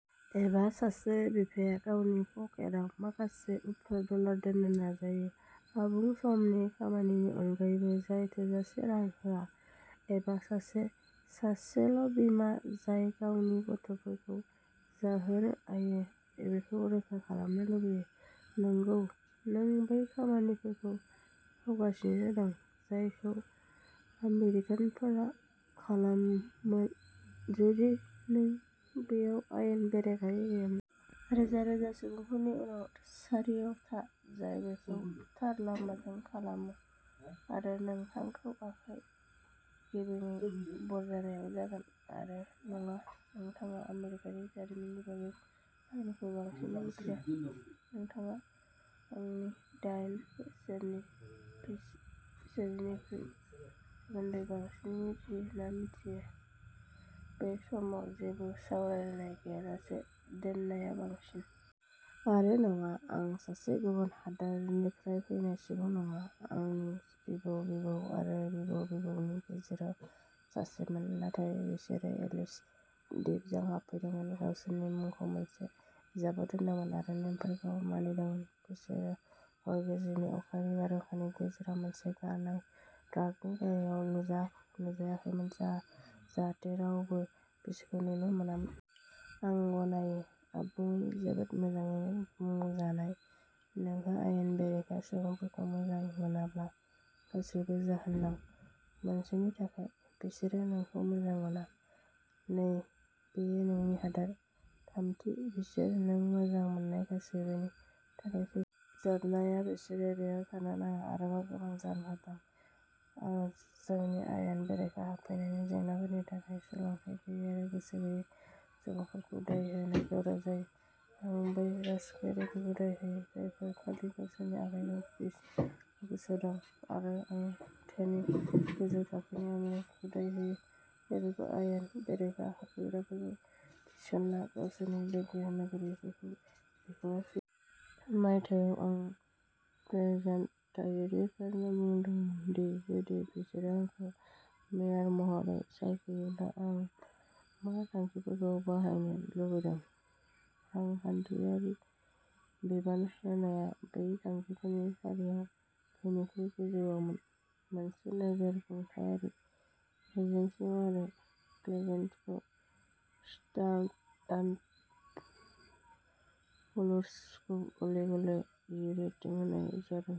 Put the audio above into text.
एबा सासे बिफाया गावनि पकेटाव माखासे उफ्रा डलार दोन्नो नाजायो, आबुं समनि खामानिनि अनगायै जाय थोजासे रां होआ। एबा सासे सासेल'बिमा जाय गावनि गथ'फोरखौ जाहोनो हायो बेखौ रोखा खालामनो लुबैयो। नंगौ, नों बै खामानिफोरखौ खावगासिनो दं जायखौ आमेरिकानफोरा खालामोमोन जुदि नों बेयाव आयेन बेरेखायै गैयामोन। रोजा रोजा सुबुंफोरनि उनाव सारियाव था, जाय बेखौ थार लामाजों खालामो, आरो नोंथांखौ आखाइ गेबेंयै बरनायनाय जागोन। आरो नङा, नोंथाङा आमेरिकानि जारिमिननि बागै आंनिख्रुइ बांसिन मिथिया। नोंथाङा आंनि दाइन बोसोरनि फिसाजोनिख्रुइ बेनि सोमोन्दै बांसिन मिन्थियो ना मिन्थियो, बे समाव जेबो सावरायनाय गैयालासे दोननाया साबसिन। आरो नङा, आं सासे गुबुन हादोरनिफ्राय फैनाय सुबुं नङा। आंनि बिबौ-बिबौ आरो बिबौ-बिबौनि गेजेराव सासेमोन। नाथाय बिसोरो एलिस दिपजों हाबफैदोंमोन, गावसोरनि मुंखौ मोनसे बिजाबाव दोनदोंमोन, आरो नेमफोरखौ मानिदोंमोन। बिसोरो हर गेजेरनि अखानि बारहुंखानि गेजेराव मोनसे गारनाय ट्राकनि गाहायाव नुजायाखैमोन जाहाथे रावबो बिसोरखौ नुनो मोनामोन। आं गनायो। आबुङै, जोबोद मोजाङै बुंजानाय। नोंहा आयेन बेरेखा सुबुंफोरखौ मोजां मोनाब्ला गासैबो जाहोन दं। मोनसेनि थाखाय, बिसोरो नोंखौ मोजां मोना। नै, बेयो नोंनि हादोर। थामथि, बिसोर नों मोजां मोननाय गासैबोनि थाखाय खैफोद। जोबनायाव, बिसोरो बेयाव थानो नाङा। आरोबाव गोबां जाहोनफोर दं। आं जोंनि आयेन बेरेखा हाबफैनायनि जेंनाफोरनि थाखाय सोलोंथाय गैयै आरो गोसो गैयै सुबुंफोरखौ दाय होनो गोब्राब जायो। आं बै राजखान्थिगिरिफोरखौ दाय होयो, जायफोरा खालि गावसोरनि आखाइखौ ग्रीस खालामनायाव गोसो दं आरो आं धोनि, गोजौ थाखोनि आमेरिकानफोरखौ दाय होयो, जायफोरा आयेन बेरेखा हाबफैग्राफोरखौ थिसनना गावसोरनि लोगो नोगोरारिफोरखौ बिखुङाव सुयो। मायथाइयाव, आं प्लेजेन्टन थागिरिफोरनो बुंदोंमोन दि जुदि बिसोरो आंखौ मेयर महरै सायखयोब्ला आं मा थांखिफोरखौ बाहायनो लुबैदों। रांखान्थियारि बिबान होनाया बै थांखिफोरनि फारियाव बयनिख्रुइ गोजौआवमोन। मोनसे नोगोर खुंथायारि एजेन्सि महरै, प्लेजेन्टनखौ स्टान्डार्ड एन्ड पुअर्सजों गले गले एए रेटिं होनाय जादों।